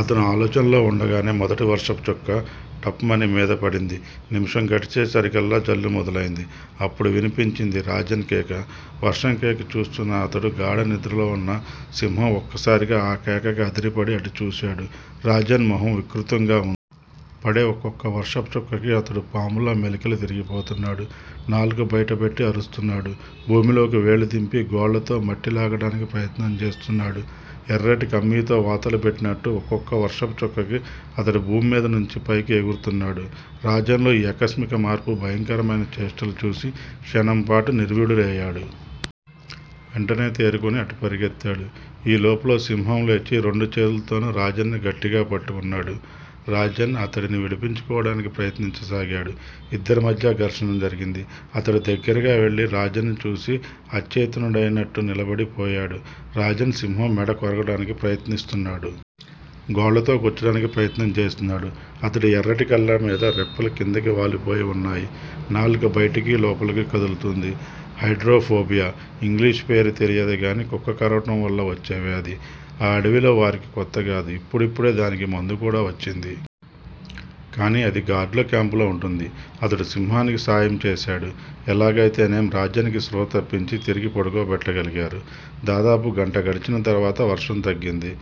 అతడు ఆలోచనల్లో వుండగానే మొదటి వర్షపు చుక్క టప్ మని మీద పడింది. నిముషం గడిచేసరికల్లా జల్లు మొదలైంది. అప్పుడు వినిపించింది రాజన్ కేక! వర్షంకేసి చూస్తూన్న అతడూ, గాఢనిద్రలో వున్న సింహం ఒక్కసారిగా ఆ కేకకి అదిరిపడి అటు చూశారు. రాజన్ మొహం వికృతంగా వుంది. పడే ఒక్కొక్క వర్షపు చుక్కకి అతడు పాములా మెలికలుతిరిగిపోతున్నాడు. నాలుకబయటపెట్టి అరుస్తున్నాడు. భూమిలోకి వేళ్ళు దింపి, గోళ్ళతో మట్టి లాగటానికి ప్రయత్నం చేస్తున్నాడు. ఎర్రటి కమ్మీతో వాతలు పెట్టినట్టు ఒక్కొక్క వర్షపు చుక్కకి అతడు భూమ్మీద నుంచి పైకి ఎగురుతున్నాడు. రాజన్ లో ఈ ఆకస్మిక మార్పు, భయంకరమైన చేష్టలుచూసి క్షణంపాటు నిర్విణ్ణుడయ్యాడు. వెంటనే తేరుకుని అటు పరుగెత్తాడు. ఈ లోపులో సింహం లేచి రెండు చేతుల్తోనూ రాజన్ ని గట్టిగా పట్టుకున్నాడు. రాజన్ అతడిని విడిపించుకోవటానికి ప్రయత్నించసాగాడు. ఇద్దరి మధ్యా ఘర్షణ జరిగింది. అతడు దగ్గరగా వెళ్ళి రాజన్ ని చూసి అచేతనుడయినట్టు నిలబడి పోయాడు. రాజన్ సింహం మెడ కొరకడానికి ప్రయత్నిస్తున్నాడు. గోళ్ళతో గుచ్చటానికి ప్రయత్నం చేస్తున్నాడు. అతడి ఎర్రకళ్ళమీద రెప్పలు క్రిందికి వాలిపోయి వున్నాయి. నాలుక బయటికీ, లోపలికీ కదులుతోంది. Hydrophobia! English పేరు తెలీదుగానీ, కుక్క కరవటంపట్ల వచ్చే వ్యాధి ఆ అడవిలో వారికి కొత్తకాదు. ఇప్పుడిప్పుడే దానికి మందు కూడా వచ్చింది. కానీ అది గార్డ్ ల క్యాంపులో వుంటుంది. అతడు సింహానికి సాయం చేశాడు. ఎలాగయితేనేం రాజన్ కి స్పృహ తప్పించి తిరిగి పడుకోబెట్టగలిగారు. దాదాపు గంట గడిచిన తరువాత వర్షం తగ్గింది.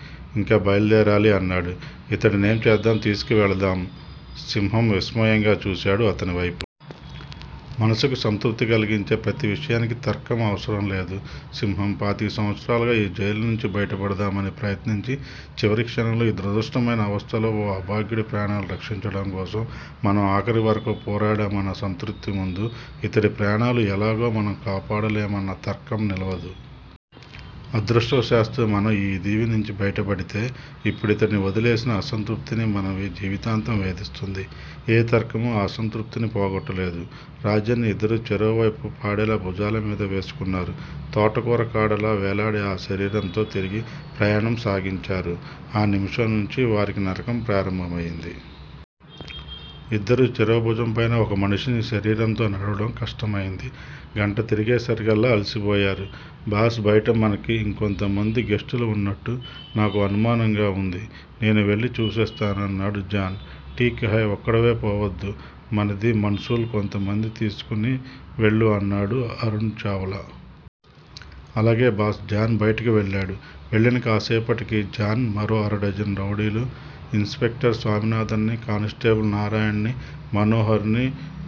ఇక బయలు దేరాలి అన్నాడు. ఇతడినేం చేద్దాం? తీసుకు వెళదాం. సింహం విస్మయంగా చూశాడు అతడివైపు. మనసుకి సంతృప్తి కలిగించే ప్రతి విషయానికీ తర్కం అవసరం లేదు సింహం! పాతికసంవత్సరాలుగా ఈ జైలునుంచి బయటపడదామని ప్రయత్నించి, చివరి క్షణంలో ఈ దురదృష్టకరమైన అవస్థలో ఓ అభాగ్యుడి ప్రాణాలు రక్షించటం కోసం మనం ఆఖరి వరకూ పోరాడామన్న సంతృప్తి ముందు- ఇతడి ప్రాణాలు ఎలాగూ మనం కాపాడలేమన్న తర్కం నిలవదు. అదృష్టవశాత్తూ మనం యీ దీవినుంచి బయటపడితే ఇప్పుడితడిని వదిలేసిన అసంతృప్తి మనవి జీవితాంతం వేధిస్తుంది. ఏ తర్కమూ ఆ అసంతృప్తిని పోగొట్టలేదు. రాజన్ ని ఇద్దరూ చెరోవైపూ పాడెలా భుజాలమీద వేసుకున్నారు. తోటకూర కాడలా వేలాడే ఆ శరీరంతో తిరిగి ప్రయాణం సాగించారు. ఆ నిముషం నుంచీ వారికి నరకం ప్రారంభమయింది. ఇద్దరూ చెరో భుజం పైనా ఒక మనిషి శరీరంతో నడవటం కష్టమయింది. గంట తిరిగేసరికల్లా అలిసిపోయారు. బాస్ బయట మనకి ఇంకొంతమంది గెస్టులు వున్నట్టు నాకు అనుమానంగా వుంది. నేను వెళ్ళి చూసొస్తాను అన్నాడు జాన్. ఠీక్ హై ఒక్కడివి పోవద్దు. మనదీ మన్సుల్ కొంతమంది తీస్కుని వెళ్ళు అన్నాడు అరుణ్ చావ్లా. అలాగే బాస్! జాన్ బయటికి వెళ్ళాడు. వెళ్ళిన కాస్సేపటికే జాన్, మరో అరడజను రౌడీలు ఇన్స్ పెక్టర్ స్వామినాథన్ ని, కానిస్టేబుల్ నారాయణనీ, మనోహరినీ,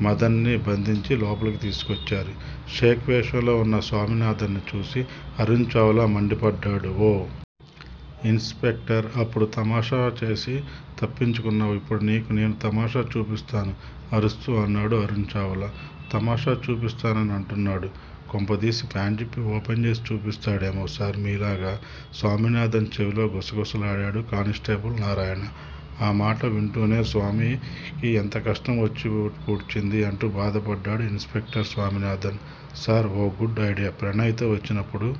మదన్ నీ బంధించి లోపలికి తీసుకోచ్చారు. షేక్ వేషంలో వున్న స్వామినాథన్ ని చూసి అరుణ్ చావ్లా మండిపడ్డాడు. ఓ! ఇన్స్ పెక్టర్! అప్పుడు తమాషా సేసి తప్పించుకున్నావు ఇప్పుడు నీకూ నేను తమాషా చూపిస్తాను అరుస్తూ అన్నాడు అరుణ్ చావ్లా. తమాషా చూపిస్తానని అంటున్నాడు. కొంపదీసి ప్యాంట్ జిప్ ఓపెన్ చేసి చూపిస్తాడేమో సార్ మీలాగా స్వామినాథన్ చెవిలో గుస గుసలాడాడు కానిస్టేబుల్ నారాయణ. ఆ మాట వింటూనే స్వామీ ఎంత కష్టం వచ్చి పూడ్చింది అంటూ బాధపడ్డాడు ఇన్స్ పెక్టర్ స్వామినాథన్. సార్! ఒక గుడ్ ఐడియా ప్రణయ్ తో వచ్చినప్పుడు